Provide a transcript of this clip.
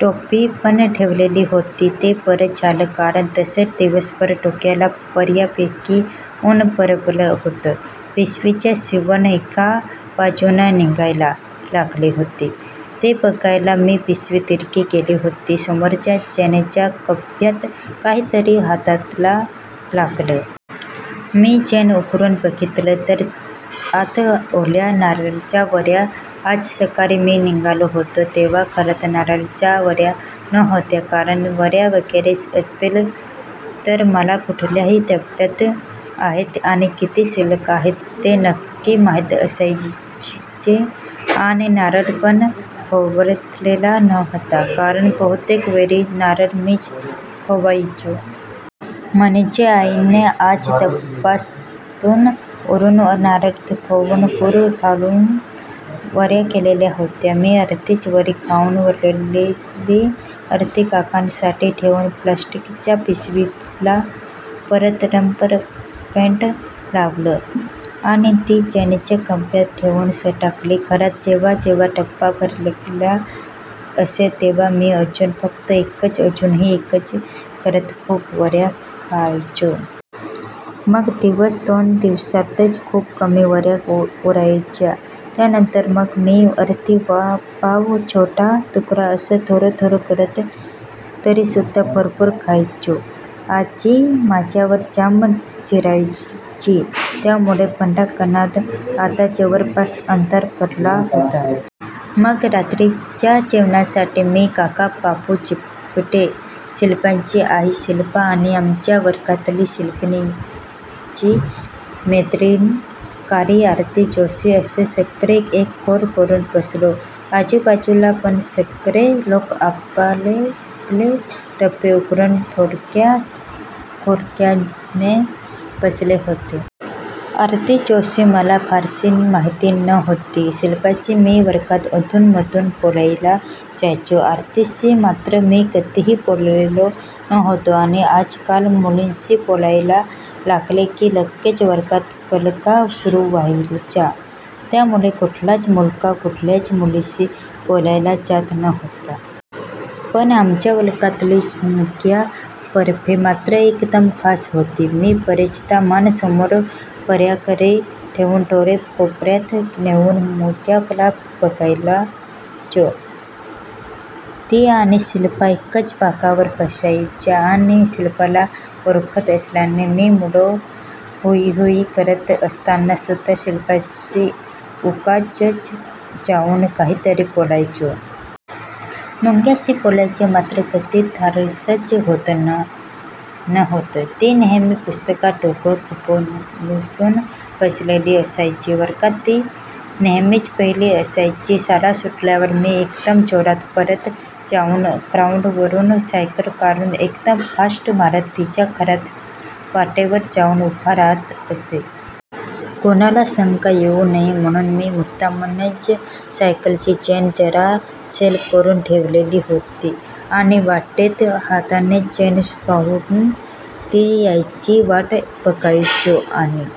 टोपी पण ठेवलेली होती ते बरं झालं कारण तसं दिवसभर डोक्याला बऱ्यापैकी उन बडवलं होतं. पिशवीची शिवण एका बाजूनं निघायला लागले होते ते बघायला मी पिशवी तिरकी केली होती समोरच्या चेनच्या कप्प्यात काहीतरी हाताला लागलं. मी चेन उघडून बघितलं तर आत ओल्या नारळाच्या वड्या. आज सकाळी मी निघालो होतो तेव्हा घरात नारळाच्या वड्या नव्हत्या कारण, वड्या वगैरे असतील तर मला कुठल्या डब्यात आहेत आणि किती शिल्लक आहेत ते नक्की माहिती असायचे आणि नारळ पण खोवलेला नव्हता कारण बहुतेक वेळी नारळ मीच खोवायचो. म्हणजे आईने आज तापासून उरुन, नारळ खवून, गूळ घालून वड्या केलेल्या होत्या. मी अर्धीच वडी खाउन, उरलेली अर्धी काकांसाठी ठेवून प्लास्टिकच्या पिशवीला परत रबरबॅंड लावलं आणि ती चेनच्या कप्प्यात ठेवून टाकली. घरात जेव्हाजेव्हा डबा भरलेला असे तेव्हा मी अजून फक्त एकच, अजून एकच करत खूप वड्या खायचो. मग दिवस दोन दिवसातच खूप कमी वड्या उरायच्या. त्यानंतर मग मी अर्धी, पाव, छोटा तुकडा असं थोडं थोडं करत करत तरीसुद्धा भरपूर खायचो. आजी माझ्यावर जाम चिडायची त्यामुळे पटांगणात आता जवळपास अंधार पडला होता. मग रात्रीच्या जेवणासाठी मी, काका, काकू, चिवटे, शिल्पाची आई, शिल्पा आणि आमच्या वर्गातली शिल्पीची मैत्रिण काली आरती जोशी असे सगळे एक गोल करुन बसलो. आजूबाजूला पण सगळे लोक आपापले डबे उघडून घोळक्या घोळक्याने बसले होते. आरती जोशी मला फारशी माहिती नव्हती. शिल्पाशी मी वर्गात अधूनमधून बोलायला जायचो. आरतीशी मात्र मी कधीही बोललेलो नव्हतो. आणि आजकाल मुलींशी बोलायला लागले की लगेच वर्गात गलका सुरु व्हायचा. त्यामुळे कुठलाच मुलगा कुठल्याच मुलीशी बोलायला जात नव्हता. पण आमच्या वर्गातली मुग्धा बर्वे मात्र एकदम खास होती. मी बरेचदा मान समोर फळ्याकडे ठेवून डोळे कोपर्यात नेऊन मुग्धाला बघायचो. ती आणि शिल्पा एकाच बाकावर बसायच्या आणि शिल्पाला ओळखत असल्याने मी मुलं हुइ हुइ करत असताना सुद्धा शिल्पाशी उगाचच जाउन काहीतरी बोलायचो. मुग्धाशी बोलायचं मात्र कधी धाडसच होत नव्हतं. ती नेहेमी पुस्तकात डोकं खुपसून बसलेली असायची. वर्गात ती नेहेमी पहिली असायची. शाळा सुटल्यावर मी एकदम जोरात पळत जाउन, ग्राउंडवरुन सायकल काढून एकदम फास्ट मारत तिच्या घराच्या वाटेवर जाउन उभा राहत असे. कुणाला शंका येउ नये म्हणुन मी मुद्दामूनच सायकलची चेन जरा सैल करुन ठेवलेली होती आणि वाटेत हातानेच चेन पाडून ती यायची वाट बघायचो. आणि